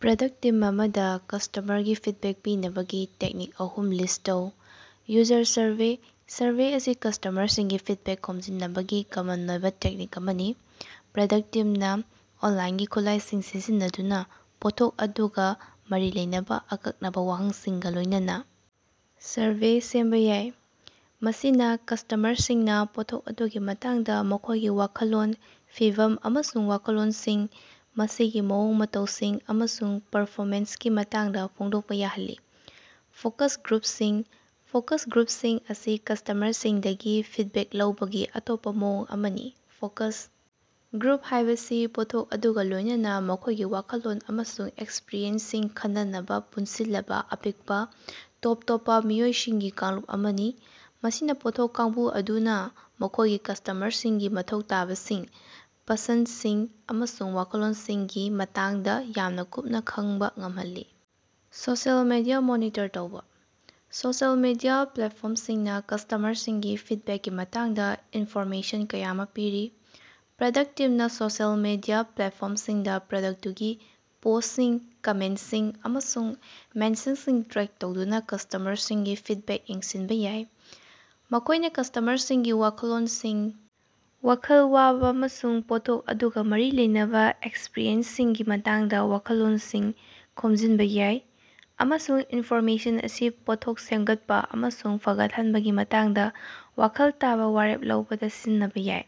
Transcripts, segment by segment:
‎Product team ꯑꯃꯗꯥ ꯀꯁꯇꯃꯔꯒꯤ feedback ꯄꯤꯅꯕꯒꯤ ꯇꯦꯛꯅꯤꯛ ꯑꯍꯨꯝ ꯂꯤꯁꯠ ꯇꯧ꯫ ꯌꯨꯖꯔ ꯁꯔꯚꯦ: ꯁꯔꯚꯦ ꯑꯁꯤ ꯀꯁꯇꯃꯔꯁꯤꯡꯒꯤ ꯐꯤꯗꯕꯦꯛ ꯈꯣꯝꯖꯤꯟꯅꯕꯒꯤ ꯀꯃꯟ ꯑꯣꯏꯕꯥ ꯇꯦꯛꯅꯤꯛ ꯑꯃꯅꯤ꯫ ꯄ꯭ꯔꯗꯛ ꯇꯤꯝꯅꯥ ꯑꯣꯟꯂꯥꯏꯟꯒꯤ ꯈꯨꯠꯂꯥꯏꯁꯤꯡ ꯁꯤꯖꯤꯟꯅꯗꯨꯅꯥ ꯄꯣꯠꯊꯣꯛ ꯑꯗꯨꯒꯥ ꯃꯔꯤ ꯂꯩꯅꯕꯥ ꯑꯀꯛꯅꯕꯥ ꯋꯥꯍꯪꯁꯤꯡꯒꯥ ꯂꯣꯏꯅꯅꯥ ꯁꯔꯚꯦ ꯁꯦꯝꯕꯥ ꯌꯥꯏ, ꯃꯁꯤꯅꯥ ꯀꯁ꯭ꯇꯃꯔꯁꯤꯡꯅꯥ ꯄꯣꯠꯊꯣꯛ ꯑꯗꯨꯒꯤ ꯃꯇꯥꯡꯗꯥ ꯃꯈꯣꯏꯒꯤ ꯋꯥꯈꯜꯂꯣꯟ, ꯐꯤꯚꯝ ꯑꯃꯁꯨꯡ ꯋꯥꯈꯜꯂꯣꯟꯁꯤꯡ, ꯃꯁꯤꯒꯤ ꯃꯑꯣꯡ ꯃꯇꯧꯁꯤꯡ, ꯑꯃꯁꯨꯡ ꯄꯔꯐꯣꯃꯦꯟꯁꯀꯤ ꯃꯇꯥꯡꯗꯥ ꯐꯣꯡꯗꯣꯛꯄ ꯌꯥꯍꯜꯂꯤ꯫ ꯐꯣꯀꯁ ꯒ꯭ꯔꯨꯞꯁꯤꯡ: ꯐꯣꯀꯁ ꯒ꯭ꯔꯨꯞꯁꯤꯡ ꯑꯁꯤ ꯀꯁꯇꯃꯔꯁꯤꯡꯗꯒꯤ ꯐꯤꯗꯕꯦꯛ ꯂꯧꯕꯒꯤ ꯑꯇꯣꯞꯄ ꯃꯑꯣꯡ ꯑꯃꯅꯤ꯫ ꯐꯣꯀꯁ ꯒ꯭ꯔꯨꯞ ꯍꯥꯏꯕꯁꯤ ꯄꯣꯠꯊꯣꯛ ꯑꯗꯨꯒ ꯂꯣꯏꯅꯅꯥ ꯃꯈꯣꯏꯒꯤ ꯋꯥꯈꯜꯂꯣꯟ ꯑꯃꯁꯨꯡ ꯑꯦꯛꯁꯄꯔꯤꯌꯦꯟꯁꯁꯤꯡ ꯈꯟꯅꯅꯕꯥ ꯄꯨꯟꯁꯤꯜꯂꯕꯥ ꯑꯄꯤꯛꯄꯥ, ꯇꯣꯞ ꯇꯣꯞꯄꯥ ꯃꯤꯑꯣꯏꯁꯤꯡꯒꯤ ꯀꯥꯡꯂꯨꯞ ꯑꯃꯅꯤ꯫ ꯃꯁꯤꯅꯥ ꯄꯣꯠꯊꯣꯛ ꯀꯥꯡꯕꯨ ꯑꯗꯨꯅꯥ ꯃꯈꯣꯏꯒꯤ ꯀꯁꯇꯃꯔꯁꯤꯡꯒꯤ ꯃꯊꯧ ꯇꯥꯕꯁꯤꯡ, ꯄꯁꯟꯁꯤꯡ ꯑꯃꯁꯨꯡ ꯋꯥꯈꯜꯂꯣꯟꯁꯤꯡꯒꯤ ꯃꯇꯥꯡꯗ ꯌꯥꯝꯅꯥ ꯀꯨꯞꯅ ꯈꯪꯕ ꯉꯝꯍꯜꯂꯤ꯫ ꯁꯣꯁꯤꯑꯦꯜ ꯃꯤꯗꯤꯌꯥ ꯃꯣꯅꯤꯇꯔ ꯇꯧꯕꯥ: ꯁꯣꯁꯤꯑꯦꯜ ꯃꯤꯗꯤꯌꯥ ꯄ꯭ꯂꯦꯠꯐꯣꯔꯝꯁꯤꯡꯅꯥ ꯀꯁ꯭ꯇꯃꯔꯁꯤꯡꯒꯤ ꯐꯤꯗꯕꯦꯛꯀꯤ ꯃꯇꯥꯡꯗꯥ ꯏꯟꯐꯣꯔꯃꯦꯁꯟ ꯀꯌꯥ ꯑꯃꯥ ꯄꯤꯔꯤ꯫ ꯄ꯭ꯔꯗꯛ ꯇꯤꯝꯅ ꯁꯣꯁꯤꯑꯦꯜ ꯃꯤꯗꯤꯌꯥ ꯄ꯭ꯂꯦꯠꯐꯣꯔꯝꯁꯤꯡꯗꯥ ꯄ꯭ꯔꯗꯛꯇꯨꯒꯤ ꯄꯣꯁꯁꯤꯡ, ꯀꯃꯦꯟꯇꯁꯤꯡ, ꯑꯃꯁꯨꯡ ꯃꯦꯟꯁꯟꯁꯤꯡ ꯇ꯭ꯔꯦꯛ ꯇꯧꯗꯨꯅꯥ ꯀꯁ꯭ꯇꯃꯔꯁꯤꯡꯒꯤ ꯐꯤꯗꯕꯦꯛ ꯌꯦꯡꯁꯤꯟꯕꯥ ꯌꯥꯏ꯫ ꯃꯈꯣꯏꯅ ꯀꯁ꯭ꯇꯃꯔꯁꯤꯡꯒꯤ ꯋꯥꯈꯜꯂꯣꯟꯁꯤꯡ, ꯋꯥꯈꯜ ꯋꯥꯕꯥ ꯑꯃꯁꯨꯡ ꯄꯣꯠꯊꯣꯛ ꯑꯗꯨꯒ ꯃꯔꯤ ꯂꯩꯅꯕꯥ ꯑꯦꯛꯁꯄꯔꯤꯌꯦꯟꯁꯁꯤꯡꯒꯤ ꯃꯇꯥꯡꯗꯥ ꯋꯥꯈꯜꯂꯣꯟꯁꯤꯡ ꯈꯣꯝꯖꯤꯟꯕ ꯌꯥꯏ, ꯑꯃꯁꯨꯡ ꯏꯟꯐꯣꯔꯃꯦꯁꯟ ꯑꯁꯤ ꯄꯣꯠꯊꯣꯛ ꯁꯦꯝꯒꯠꯄꯥ ꯑꯃꯁꯨꯡ ꯐꯒꯠꯍꯟꯕꯒꯤ ꯃꯇꯥꯡꯗꯥ ꯋꯥꯈꯜ ꯇꯥꯕꯥ ꯋꯥꯔꯦꯞ ꯂꯧꯕꯗꯥ ꯁꯤꯖꯤꯟꯅꯕꯥ ꯌꯥꯏ꯫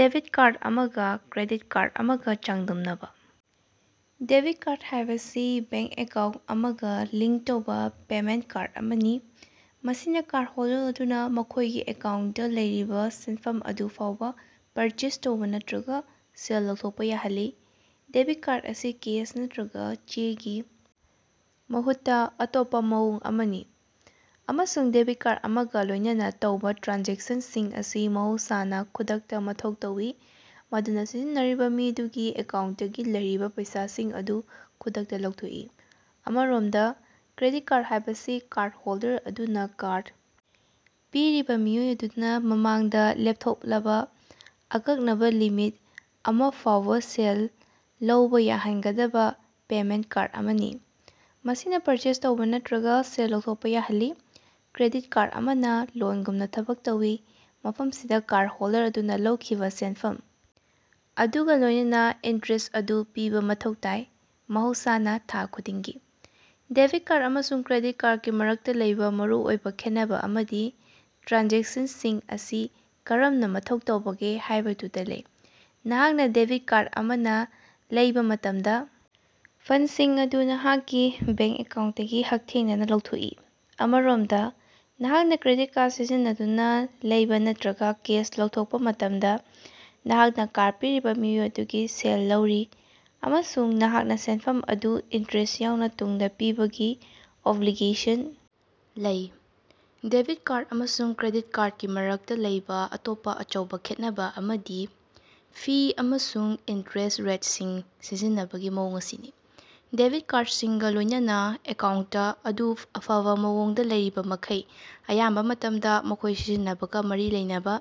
ꯗꯦꯕꯤꯠ ꯀꯥꯔꯗ ꯑꯃꯒꯥ ꯀ꯭ꯔꯦꯗꯤꯠ ꯀꯥꯔꯗ ꯑꯃꯒꯥ ꯆꯥꯡꯗꯝꯅꯕꯥ꯫ ꯗꯦꯕꯤꯠ ꯀꯥꯔꯗ ꯍꯥꯏꯕꯁꯤ ꯕꯦꯡ ꯑꯦꯀꯥꯎꯟ ꯑꯃꯒꯥ ꯂꯤꯉꯛ ꯇꯧꯕꯥ ꯄꯦꯃꯦꯟꯇ ꯀꯥꯔꯗ ꯑꯃꯅꯤ, ꯃꯁꯤꯅꯥ ꯀꯥꯔꯗ ꯍꯣꯜꯗꯔ ꯑꯗꯨꯅꯥ ꯃꯈꯣꯏꯒꯤ ꯑꯦꯀꯥꯎꯟꯇꯗ ꯂꯩꯔꯤꯕꯥ ꯁꯦꯟꯐꯝ ꯑꯗꯨ ꯐꯥꯎꯕꯥ ꯄꯔꯆꯦꯖ ꯇꯧꯕꯥ ꯅꯠꯇ꯭ꯔꯒꯥ ꯁꯦꯜ ꯂꯧꯊꯣꯛꯄ ꯌꯥꯍꯜꯂꯤ꯫ ꯗꯦꯕꯤꯠ ꯀꯥꯔꯗ ꯑꯁꯤ ꯀꯦꯁ ꯅꯠꯇ꯭ꯔꯒ ꯆꯦꯒꯤ ꯃꯍꯨꯠꯇꯥ ꯑꯇꯣꯞꯄꯥ ꯃꯑꯣꯡ ꯑꯃꯅꯤ, ꯑꯃꯁꯨꯡ ꯗꯦꯕꯤꯠ ꯀꯥꯔꯗ ꯑꯃꯒꯥ ꯂꯣꯏꯅꯅꯥ ꯇꯧꯕꯥ ꯇ꯭ꯔꯥꯟꯖꯦꯛꯁꯟꯁꯤꯡ ꯑꯁꯤ ꯃꯍꯧꯁꯥꯅꯥ ꯈꯨꯗꯛꯇꯥ ꯃꯊꯧ ꯇꯧꯏ, ꯃꯗꯨꯅꯥ ꯁꯤꯖꯤꯟꯅꯔꯤꯕ ꯃꯤꯗꯨꯒꯤ ꯑꯦꯀꯥꯎꯟꯇꯇꯒꯤ ꯂꯩꯔꯤꯕꯥ ꯄꯩꯁꯥꯁꯤꯡ ꯑꯗꯨ ꯈꯨꯗꯛꯇꯥ ꯂꯧꯊꯣꯛꯏ꯫ ꯑꯃꯔꯣꯝꯗꯥ, ꯀ꯭ꯔꯦꯗꯤꯠ ꯀꯥꯔꯗ ꯍꯥꯏꯕꯁꯤ ꯀꯥꯔꯗ ꯍꯣꯜꯗꯔ ꯑꯗꯨꯅꯥ ꯀꯥꯔꯗ ꯄꯤꯔꯤꯕꯥ ꯃꯤꯑꯣꯏ ꯑꯗꯨꯅꯥ ꯃꯃꯥꯡꯗꯥ ꯂꯦꯞꯊꯣꯛꯂꯕꯥ ꯑꯀꯛꯅꯕꯥ ꯂꯤꯃꯤꯠ ꯑꯃꯐꯥꯎꯕꯥ ꯁꯦꯜ ꯂꯧꯕꯥ ꯌꯥꯍꯟꯒꯗꯕꯥ ꯄꯦꯃꯦꯟꯇ ꯀꯥꯔꯗ ꯑꯃꯅꯤ, ꯃꯁꯤꯅꯥ ꯄꯔꯆꯦꯖ ꯇꯧꯕꯥ ꯅꯠꯇ꯭ꯔꯒꯥ ꯁꯦꯜ ꯂꯧꯊꯣꯛꯄꯥ ꯌꯥꯍꯜꯂꯤ꯫ ꯀ꯭ꯔꯦꯗꯤꯠ ꯀꯥꯔꯗ ꯑꯃꯅꯥ ꯂꯣꯟꯒꯨꯝꯅꯥ ꯊꯕꯛ ꯇꯧꯏ, ꯃꯐꯝꯁꯤꯗꯥ ꯀꯥꯔꯗ ꯍꯣꯜꯗꯔ ꯑꯗꯨꯅꯥ ꯂꯧꯈꯤꯕꯥ ꯁꯦꯟꯐꯝ ꯑꯗꯨꯒꯥ ꯂꯣꯏꯅꯅꯥ ꯏꯟꯇꯔꯦꯁ ꯑꯗꯨ ꯄꯤꯕꯥ ꯃꯊꯧ ꯇꯥꯏ, ꯃꯍꯧꯁꯥꯅꯥ ꯊꯥ ꯈꯨꯗꯤꯡꯒꯤ꯫ ꯗꯦꯕꯤꯠ ꯀꯥꯔꯗ ꯑꯃꯁꯨꯡ ꯀ꯭ꯔꯦꯗꯤꯠ ꯀꯥꯔꯗꯀꯤ ꯃꯔꯛꯇꯥ ꯂꯩꯕꯥ ꯃꯔꯨꯑꯣꯏꯕꯥ ꯈꯦꯠꯅꯕꯥ ꯑꯃꯗꯤ ꯇ꯭ꯔꯥꯟꯖꯦꯛꯁꯟꯁꯤꯡ ꯑꯁꯤ ꯀꯔꯝꯅ ꯃꯊꯧ ꯇꯧꯕꯒꯦ ꯍꯥꯏꯕꯗꯨꯗꯥ ꯂꯩ꯫ ꯅꯍꯥꯛꯅꯥ ꯗꯦꯕꯤꯠ ꯀꯥꯔꯗ ꯑꯃꯅꯥ ꯂꯩꯕ ꯃꯇꯝꯗꯥ, ꯐꯟꯁꯤꯡ ꯑꯗꯨ ꯅꯍꯥꯛꯀꯤ ꯕꯦꯡ ꯑꯦꯀꯥꯎꯟꯇꯇꯒꯤ ꯍꯛꯊꯦꯡꯅꯅꯥ ꯂꯧꯊꯣꯛꯏ꯫ ꯑꯃꯔꯣꯝꯗꯥ, ꯅꯍꯥꯛꯅꯥ ꯀ꯭ꯔꯦꯗꯤꯠ ꯀꯥꯔꯗ ꯁꯤꯖꯤꯟꯅꯗꯨꯅꯥ ꯂꯩꯕ ꯅꯠꯇ꯭ꯔꯒ ꯀꯦꯁ ꯂꯧꯊꯣꯛꯄꯥ ꯃꯇꯝꯗꯥ, ꯅꯍꯥꯛꯅꯥ ꯀꯥꯔꯗ ꯄꯤꯔꯤꯕꯥ ꯃꯤꯑꯣꯏ ꯑꯗꯨꯗꯒꯤ ꯁꯦꯜ ꯂꯧꯔꯤ, ꯑꯃꯁꯨꯡ ꯅꯍꯥꯛꯅꯥ ꯁꯦꯟꯐꯝ ꯑꯗꯨ, ꯏꯟꯇꯔꯦꯁ ꯌꯥꯎꯅꯥ, ꯇꯨꯡꯗꯥ ꯄꯤꯕꯒꯤ ꯑꯣꯕꯂꯤꯒꯦꯁꯟ ꯂꯩ꯫ ꯗꯦꯕꯤꯠ ꯀꯥꯔꯗ ꯑꯃꯁꯨꯡ ꯀ꯭ꯔꯦꯗꯤꯠ ꯀꯥꯔꯗꯀꯤ ꯃꯔꯛꯇꯥ ꯂꯩꯕꯥ ꯑꯇꯣꯞꯄꯥ ꯑꯆꯧꯕꯥ ꯈꯦꯠꯅꯕꯥ ꯑꯃꯗꯤ ꯐꯤ ꯑꯃꯁꯨꯡ ꯏꯟꯇꯔꯦꯁ ꯔꯦꯠꯁꯤꯡ ꯁꯤꯖꯤꯟꯅꯕꯒꯤ ꯃꯑꯣꯡ ꯑꯁꯤꯅꯤ꯫ ꯗꯦꯕꯤꯠ ꯀꯥꯔꯗꯁꯤꯡꯒꯥ ꯂꯣꯏꯅꯅꯥ, ꯑꯦꯀꯥꯎꯟꯇ ꯑꯗꯨ ꯑꯐꯕꯥ ꯃꯑꯣꯡꯗꯥ ꯂꯩꯔꯤꯕꯃꯈꯩ, ꯑꯌꯥꯝꯕꯥ ꯃꯇꯝꯗꯥ ꯃꯈꯣꯏ ꯁꯤꯖꯤꯟꯅꯕꯒꯥ ꯃꯔꯤ ꯂꯩꯅꯕꯥ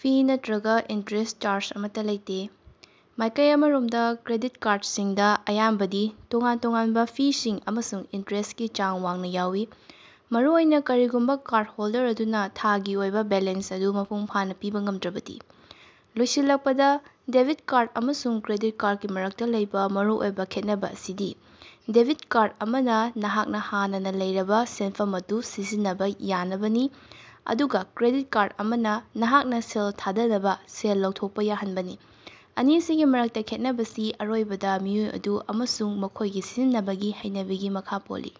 ꯐꯤ ꯅꯠꯇ꯭ꯔꯒꯥ ꯏꯟꯇꯔꯦꯁ ꯆꯥꯔꯖ ꯑꯃꯠꯇꯥ ꯂꯩꯇꯦ꯫ ꯃꯥꯏꯀꯩ ꯑꯃꯔꯣꯝꯗ, ꯀ꯭ꯔꯦꯗꯤꯠ ꯀꯥꯔꯗꯁꯤꯡꯗ ꯑꯌꯥꯝꯕꯗꯤ ꯇꯣꯉꯥꯟ-ꯇꯣꯉꯥꯟꯕꯥ ꯐꯤꯁꯤꯡ ꯑꯃꯁꯨꯡ ꯏꯟꯇꯔꯦꯁꯀꯤ ꯆꯥꯡ ꯋꯥꯡꯅꯥ ꯌꯥꯎꯏ, ꯃꯔꯨꯑꯣꯏꯅꯥ ꯀꯔꯤꯒꯨꯝꯕꯥ ꯀꯥꯔꯗ ꯍꯣꯜꯗꯔ ꯑꯗꯨꯅꯥ ꯊꯥꯒꯤ ꯑꯣꯏꯕꯥ ꯕꯦꯂꯦꯟꯁ ꯑꯗꯨ ꯃꯄꯨꯡꯐꯥꯅꯥ ꯄꯤꯕꯥ ꯉꯝꯗ꯭ꯔꯕꯗꯤ꯫ ꯂꯣꯏꯁꯤꯜꯂꯛꯄꯗꯥ, ꯗꯦꯕꯤꯠ ꯀꯥꯔꯗ ꯑꯃꯁꯨꯡ ꯀ꯭ꯔꯦꯗꯤꯠ ꯀꯥꯔꯗꯀꯤ ꯃꯔꯛꯇꯥ ꯂꯩꯕꯥ ꯃꯔꯨꯑꯣꯏꯕꯥ ꯈꯦꯠꯅꯕꯥ ꯑꯁꯤꯗꯤ ꯗꯦꯕꯤꯠ ꯀꯥꯔꯗ ꯑꯃꯅꯥ ꯅꯍꯥꯛꯅꯥ ꯍꯥꯟꯅꯅꯥ ꯂꯩꯔꯕꯥ ꯁꯦꯟꯐꯝ ꯑꯗꯨ ꯁꯤꯖꯤꯟꯅꯕꯥ ꯌꯥꯅꯕꯅꯤ, ꯑꯗꯨꯒꯥ ꯀ꯭ꯔꯦꯗꯤꯠ ꯀꯥꯔꯗ ꯑꯃꯅꯥ ꯅꯍꯥꯛꯅꯥ ꯁꯦꯜ ꯊꯥꯗꯅꯕꯥ ꯁꯦꯜ ꯂꯧꯊꯣꯛꯄ ꯌꯥꯍꯟꯕꯅꯤ꯫ ꯑꯅꯤꯁꯤꯒꯤ ꯃꯔꯛꯇꯥ ꯈꯦꯅꯕꯁꯤ ꯑꯔꯣꯏꯕꯗꯥ ꯃꯤꯑꯣꯏ ꯑꯗꯨ ꯑꯃꯁꯨꯡ ꯃꯈꯣꯏꯒꯤ ꯁꯤꯖꯤꯟꯅꯕꯒꯤ ꯍꯩꯅꯕꯤꯒꯤ ꯃꯈꯥ ꯄꯣꯜꯂꯤ꯫।